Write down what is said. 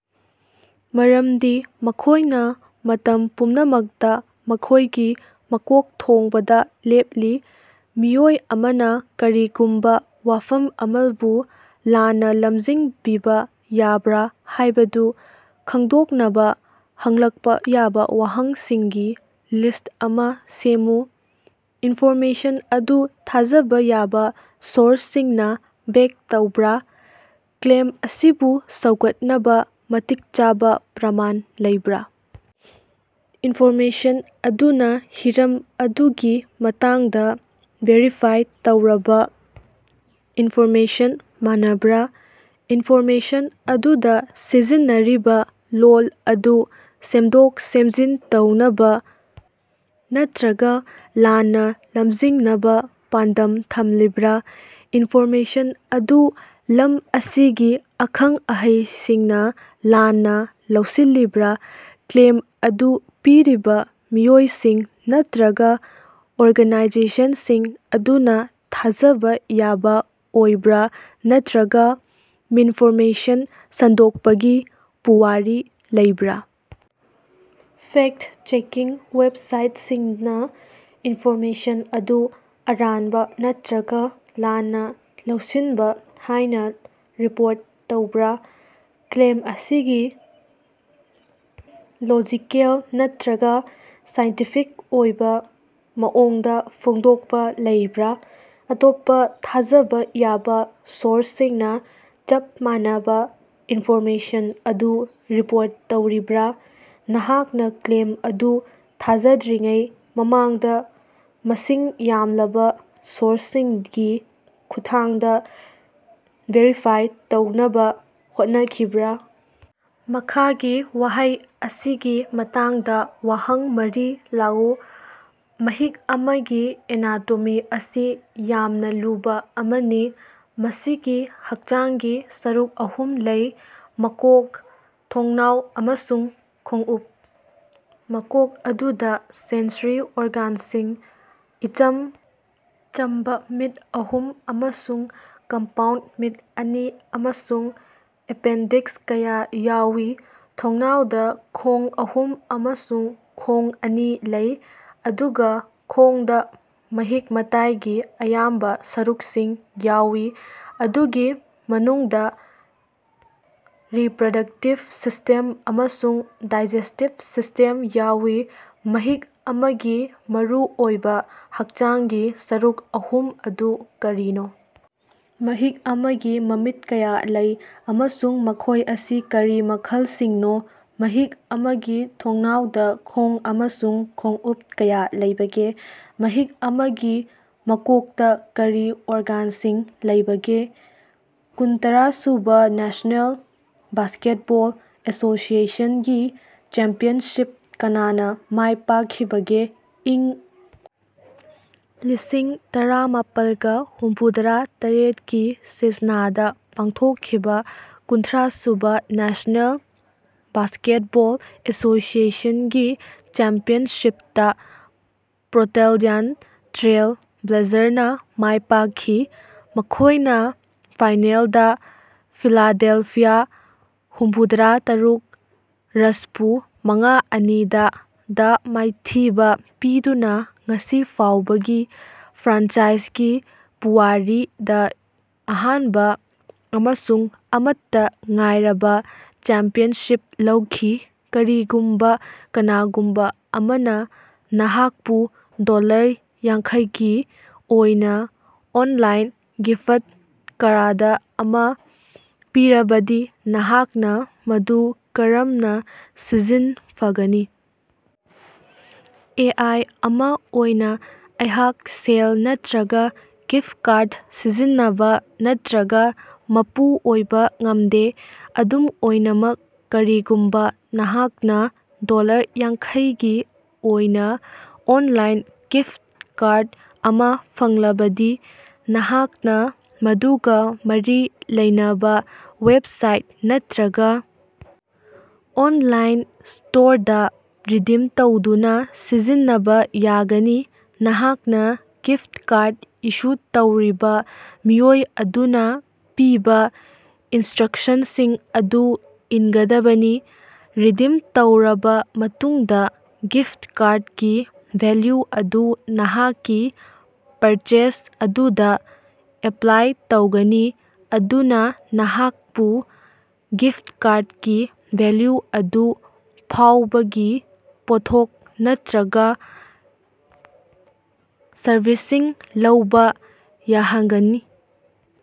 ꯃꯔꯝꯗꯤ ꯃꯈꯣꯏꯅ ꯃꯇꯝ ꯄꯨꯝꯅꯃꯛꯇꯥ ꯃꯈꯣꯏꯒꯤ ꯃꯀꯣꯛ ꯊꯣꯡꯕꯗꯥ ꯂꯦꯞꯂꯤ! ꯃꯤꯑꯣꯏ ꯑꯃꯅ ꯀꯔꯤꯒꯨꯝꯕ ꯋꯥꯐꯝ ꯑꯃꯕꯨ ꯂꯥꯟꯅꯥ ꯂꯝꯖꯤꯡꯕꯤꯕ ꯌꯥꯕ꯭ꯔꯥ ꯍꯥꯏꯕꯗꯨ ꯈꯪꯗꯣꯛꯅꯕꯥ ꯍꯪꯂꯛꯄꯥ ꯌꯥꯕ ꯋꯥꯍꯪꯁꯤꯡꯒꯤ ꯂꯤꯁ꯭ꯠ ꯑꯃ ꯁꯦꯝꯃꯨ꯫ ꯏꯟꯐꯣꯔꯃꯦꯁꯟ ꯑꯗꯨ ꯊꯥꯖꯕ ꯌꯥꯕ ꯁꯣꯔꯁꯁꯤꯡꯅ ꯕꯦꯛ ꯇꯧꯕꯔꯥ? ꯀ꯭ꯂꯦꯝ ꯑꯁꯤꯕꯨ ꯁꯧꯒꯠꯅꯕ ꯃꯇꯤꯛ ꯆꯥꯕ ꯄ꯭ꯔꯃꯥꯟ ꯂꯩꯕ꯭ꯔꯥ? ꯏꯟꯐꯣꯔꯃꯦꯁꯟ ꯑꯗꯨꯅ ꯍꯤꯔꯝ ꯑꯗꯨꯒꯤ ꯃꯇꯥꯡꯗ ꯚꯦꯔꯤꯐꯥꯏ ꯇꯧꯔꯕꯥ ꯏꯟꯐꯣꯔꯃꯦꯁꯟ ꯃꯥꯟꯅꯕ꯭ꯔꯥ? ꯏꯟꯐꯣꯔꯃꯦꯁꯟ ꯑꯗꯨꯗ ꯁꯤꯖꯤꯟꯅꯔꯤꯕ ꯂꯣꯜ ꯑꯗꯨ ꯁꯦꯝꯗꯣꯛ-ꯁꯦꯝꯖꯤꯟ ꯇꯧꯅꯕ ꯅꯠꯇꯔꯒ ꯂꯥꯟꯅ ꯂꯝꯖꯤꯡꯅꯕ ꯄꯥꯟꯗꯝ ꯊꯝꯂꯤꯕꯔꯥ? ꯏꯟꯐꯣꯔꯃꯦꯁꯟ ꯑꯗꯨ ꯂꯝ ꯑꯁꯤꯒꯤ ꯑꯈꯪ-ꯑꯍꯩꯁꯤꯡꯅ ꯂꯥꯟꯅ ꯂꯧꯁꯤꯜꯂꯤꯕꯔꯥ? ꯀ꯭ꯂꯦꯝ ꯑꯗꯨ ꯄꯤꯔꯤꯕꯥ ꯃꯤꯑꯣꯏꯁꯤꯡ ꯅꯠꯇꯔꯒ ꯑꯣꯔꯒꯥꯅꯥꯏꯖꯦꯁꯟꯟꯁꯤꯡ ꯑꯗꯨꯅ ꯊꯥꯖꯕ ꯌꯥꯕ ꯑꯣꯏꯕ꯭ꯔꯥ ꯅꯠꯇꯔꯒ ꯃꯤꯟꯐꯣꯔꯃꯦꯁꯟ ꯁꯟꯗꯣꯛꯄꯒꯤ ꯄꯨꯋꯥꯔꯤ ꯂꯩꯕ꯭ꯔꯥ? ꯐꯦꯛꯇ-ꯆꯦꯀꯤꯡ ꯋꯦꯕꯁꯥꯏꯇꯁꯤꯡꯅ ꯏꯟꯐꯣꯔꯃꯦꯁꯟ ꯑꯗꯨ ꯑꯔꯥꯟꯕ ꯅꯠꯇꯔꯒ ꯂꯥꯟꯅ ꯂꯧꯁꯤꯟꯕ ꯍꯥꯏꯅ ꯔꯤꯄꯣꯔꯠ ꯇꯧꯕꯔꯥ? ꯀ꯭ꯂꯦꯝ ꯑꯁꯤꯒꯤ ꯂꯣꯖꯤꯀꯦꯜ ꯅꯠꯇꯔꯒ ꯁꯥꯏꯟꯇꯤꯐꯤꯛ ꯑꯣꯏꯕ ꯃꯑꯣꯡꯗ ꯐꯣꯡꯗꯣꯛꯄ ꯂꯩꯕꯔꯥ? ꯑꯇꯣꯞꯄꯥ ꯊꯥꯖꯕ ꯌꯥꯕ ꯁꯣꯔꯁꯁꯤꯡꯅ ꯆꯞ ꯃꯥꯟꯅꯕ ꯏꯟꯐꯣꯔꯃꯦꯁꯟ ꯑꯗꯨ ꯔꯤꯄꯣꯔꯠ ꯇꯧꯔꯤꯕ꯭ꯔꯥ? ꯅꯍꯥꯛꯅ ꯀ꯭ꯂꯦꯝ ꯑꯗꯨ ꯊꯥꯖꯗ꯭ꯔꯤꯉꯩ ꯃꯃꯥꯡꯗ ꯃꯁꯤꯡ ꯌꯥꯝꯂꯕ ꯁꯣꯔꯁꯁꯤꯡꯒꯤ ꯈꯨꯠꯊꯥꯡꯗ ꯚꯦꯔꯤꯐꯥꯏ ꯇꯧꯅꯕ ꯍꯣꯠꯅꯈꯤꯕ꯭ꯔꯥ? ꯃꯈꯥꯒꯤ ꯋꯥꯍꯩ ꯑꯁꯤꯒꯤ ꯃꯇꯥꯡꯗ ꯋꯥꯍꯪ ꯃꯔꯤ ꯂꯥꯛꯎ꯫ ꯃꯍꯤꯛ ꯑꯃꯒꯤ ꯑꯦꯅꯥꯇꯣꯃꯤ ꯑꯁꯤ ꯌꯥꯝꯅ ꯂꯨꯕꯥ ꯑꯃꯅꯤ꯫ ꯃꯁꯤꯒꯤ ꯍꯛꯆꯥꯡꯒꯤ ꯁꯔꯨꯛ ꯑꯍꯨꯝ ꯂꯩ: ꯃꯀꯣꯛ, ꯊꯣꯡꯅꯥꯎ ꯑꯃꯁꯨꯡ ꯈꯣꯡꯎꯞ꯫ ꯃꯀꯣꯛ ꯑꯗꯨꯗꯥ ꯁꯦꯟꯁꯔꯤ ꯑꯣꯔꯒꯥꯟꯁꯤꯡ, ꯏꯆꯝ ꯆꯝꯕꯥ ꯃꯤꯠ ꯑꯍꯨꯝ ꯑꯃꯁꯨꯡ ꯀꯝꯄꯥꯎꯟꯗ ꯃꯤꯠ ꯑꯅꯤ, ꯑꯃꯁꯨꯡ ꯑꯦꯄꯦꯟꯗꯤꯛꯁ ꯀꯌꯥ ꯌꯥꯎꯏ꯫ ꯊꯣꯡꯅꯥꯎꯗ ꯈꯣꯡ ꯑꯍꯨꯝ ꯑꯃꯁꯨꯡ ꯈꯣꯡ ꯑꯅꯤ ꯂꯩ, ꯑꯗꯨꯒ ꯈꯣꯡꯗ ꯃꯍꯤꯛ-ꯃꯇꯥꯏꯒꯤ ꯑꯌꯥꯝꯕ ꯁꯔꯨꯛꯁꯤꯡ ꯌꯥꯎꯏ, ꯃꯗꯨꯒꯤ ꯃꯅꯨꯡꯗꯥ ꯔꯤꯄꯔꯗꯛꯇꯤꯚ ꯁꯤꯁ꯭ꯇꯦꯝ ꯑꯃꯁꯨꯡ ꯗꯥꯏꯖꯦꯁ꯭ꯇꯤꯚ ꯁꯤꯁ꯭ꯇꯦꯝ ꯌꯥꯎꯏ꯫ ꯃꯍꯤꯛ ꯑꯃꯒꯤ ꯃꯔꯨꯑꯣꯏꯕ ꯍꯛꯆꯥꯡꯒꯤ ꯁꯔꯨꯛ ꯑꯍꯨꯝ ꯑꯗꯨ ꯀꯔꯤꯅꯣ? ꯃꯍꯤꯛ ꯑꯃꯒꯤ ꯃꯃꯤꯠ ꯀꯌꯥ ꯂꯩ, ꯑꯃꯁꯨꯡ ꯃꯈꯣꯏ ꯑꯁꯤ ꯀꯔꯤ ꯃꯈꯜꯁꯤꯡꯅꯣ? ꯃꯍꯤꯛ ꯑꯃꯒꯤ ꯊꯣꯡꯅꯥꯎꯗ ꯈꯣꯡ ꯑꯃꯁꯨꯡ ꯈꯣꯡꯎꯞ ꯀꯌꯥ ꯂꯩꯕꯒꯦ? ꯃꯍꯤꯛ ꯑꯃꯒꯤ ꯃꯀꯣꯛꯇꯥ ꯀꯔꯤ ꯑꯣꯔꯒꯥꯟꯁꯤꯡ ꯂꯩꯕꯒꯦ? ꯀꯨꯟꯊ꯭ꯔꯥꯁꯨꯕꯥ ꯅꯦꯁꯅꯦꯜ ꯕꯥꯁꯀꯦꯠꯕꯣꯜ ꯑꯦꯁꯣꯁꯤꯌꯦꯁꯟ ꯒꯤ ꯆꯦꯝꯄꯤꯌꯟꯁꯤꯞ ꯀꯅꯥꯅ ꯃꯥꯏꯄꯥꯛꯈꯤꯕꯒꯦ? ꯏꯪ ꯂꯤꯁꯤꯡ ꯇꯔꯥꯃꯄꯥꯜꯒ ꯍꯨꯝꯐꯨꯗꯔꯥ ꯇꯔꯦꯠꯀꯤ ꯁꯤꯖꯅꯗꯥ ꯄꯥꯡꯊꯣꯛꯈꯤꯕ ꯀꯨꯟꯊ꯭ꯔꯥꯁꯨꯕꯥ ꯅꯦꯁꯅꯦꯜ ꯕꯥꯁꯀꯦꯠꯕꯣꯜ ꯑꯦꯁꯣꯁꯤꯌꯦꯁꯟ ꯒꯤ ꯆꯦꯝꯄꯤꯌꯟꯁꯤꯞꯇꯥ ꯄꯣꯔꯇꯜꯌꯥꯟꯗ ꯇ꯭ꯔꯦꯜ ꯕ꯭ꯂꯦꯖꯥꯔꯅꯥ ꯃꯥꯏꯄꯥꯛꯈꯤ꯫ ꯃꯈꯣꯏꯅꯥ ꯐꯥꯏꯅꯦꯜꯗꯥ ꯐꯤꯂꯥꯗꯦꯜꯐꯤꯌꯥ ꯍꯨꯝꯐꯨꯗꯔꯥ ꯇꯔꯨꯛ ꯔꯁꯄꯨ ꯃꯉꯥ-ꯑꯅꯤ ꯗꯥ ꯗꯥ ꯃꯥꯏꯊꯤꯕ ꯄꯤꯗꯨꯅ ꯉꯁꯤ ꯐꯥꯎꯕꯒꯤ ꯐ꯭ꯔꯥꯟꯆꯥꯏꯖꯒꯤ ꯄꯨꯋꯥꯔꯤꯗ ꯑꯍꯥꯟꯕ ꯑꯃꯁꯨꯡ ꯑꯃꯠꯇꯥ ꯉꯥꯏꯔꯕꯥ ꯆꯦꯝꯄꯤꯌꯟꯁꯤꯞ ꯂꯧꯈꯤ꯫ ꯀꯔꯤꯒꯨꯝꯕꯥ ꯀꯅꯥꯒꯨꯝꯕꯥ ꯑꯃꯅ ꯅꯍꯥꯛꯄꯨ ꯗꯣꯂꯔ ꯌꯥꯡꯈꯩ ꯒꯤ ꯑꯣꯏꯅ ꯑꯣꯟꯂꯥꯏꯟ ꯒꯤꯐꯠ ꯀꯥꯔꯗ ꯑꯃ ꯄꯤꯔꯕꯗꯤ ꯅꯍꯥꯛꯅ ꯃꯗꯨ ꯀꯔꯝꯅ ꯁꯤꯖꯤꯟꯅꯒꯅꯤ? ꯑꯦ. ꯑꯥꯏ. ꯑꯃ ꯑꯣꯏꯅ ꯑꯩꯍꯥꯛ ꯁꯦꯜ ꯅꯠꯇꯔꯒ ꯒꯤꯐꯠ ꯀꯥꯔꯗ ꯁꯤꯖꯤꯟꯅꯕꯥ ꯅꯠꯇꯔꯒ ꯃꯄꯨ ꯑꯣꯏꯕ ꯉꯃꯗꯦ꯫ ꯑꯗꯨꯝ ꯑꯣꯏꯅꯃꯛ, ꯀꯔꯤꯒꯨꯝꯕꯥ ꯅꯍꯥꯛꯅ ꯗꯣꯂꯔ ꯌꯥꯡꯈꯩ ꯒꯤ ꯑꯣꯏꯅ ꯑꯣꯟꯂꯥꯏꯟ ꯒꯤꯐꯠ ꯀꯥꯔꯗ ꯑꯃ ꯐꯪꯂꯕꯗꯤ, ꯅꯍꯥꯛꯅ ꯃꯗꯨꯒ ꯃꯔꯤ ꯂꯩꯅꯕ ꯋꯦꯕꯁꯥꯏꯠ ꯅꯠꯇꯔꯒ ꯑꯣꯅꯂꯥꯏꯟ ꯁ꯭ꯇꯣꯔꯗ ꯔꯤꯗꯤꯝ ꯇꯧꯗꯨꯅ ꯁꯤꯖꯤꯟꯅꯕ ꯌꯥꯒꯅꯤ꯫ ꯅꯍꯥꯛꯅ ꯒꯤꯐꯠ ꯀꯥꯔꯗ ꯏꯁꯨ ꯇꯧꯔꯤꯕ ꯃꯤꯑꯣꯏ ꯑꯗꯨꯅ ꯄꯤꯕ ꯏꯟꯁ꯭ꯇꯔꯛꯁꯟꯁꯤꯡ ꯑꯗꯨ ꯏꯟꯒꯗꯕꯅꯤ꯫ ꯔꯤꯗꯤꯝ ꯇꯧꯔꯕꯥ ꯃꯇꯨꯡꯗꯥ, ꯒꯤꯐꯠ ꯀꯥꯔꯗꯀꯤ ꯚꯦꯜꯌꯨ ꯑꯗꯨ ꯅꯍꯥꯛꯀꯤ ꯄꯔꯆꯦꯖ ꯑꯗꯨꯗꯥ ꯑꯦꯄꯂꯥꯏ ꯇꯧꯒꯅꯤ, ꯃꯗꯨꯅꯥ ꯅꯍꯥꯀꯄꯨ ꯒꯤꯐꯠ ꯀꯥꯔꯗꯀꯤ ꯚꯦꯜꯌꯨ ꯑꯗꯨ ꯐꯥꯎꯕꯒꯤ ꯄꯣꯠꯊꯣꯛ ꯅꯠꯠꯔꯒꯥ ꯁꯔꯚꯤꯁꯁꯤꯡ ꯂꯧꯕꯥ ꯌꯥꯍꯉꯅꯤ꯫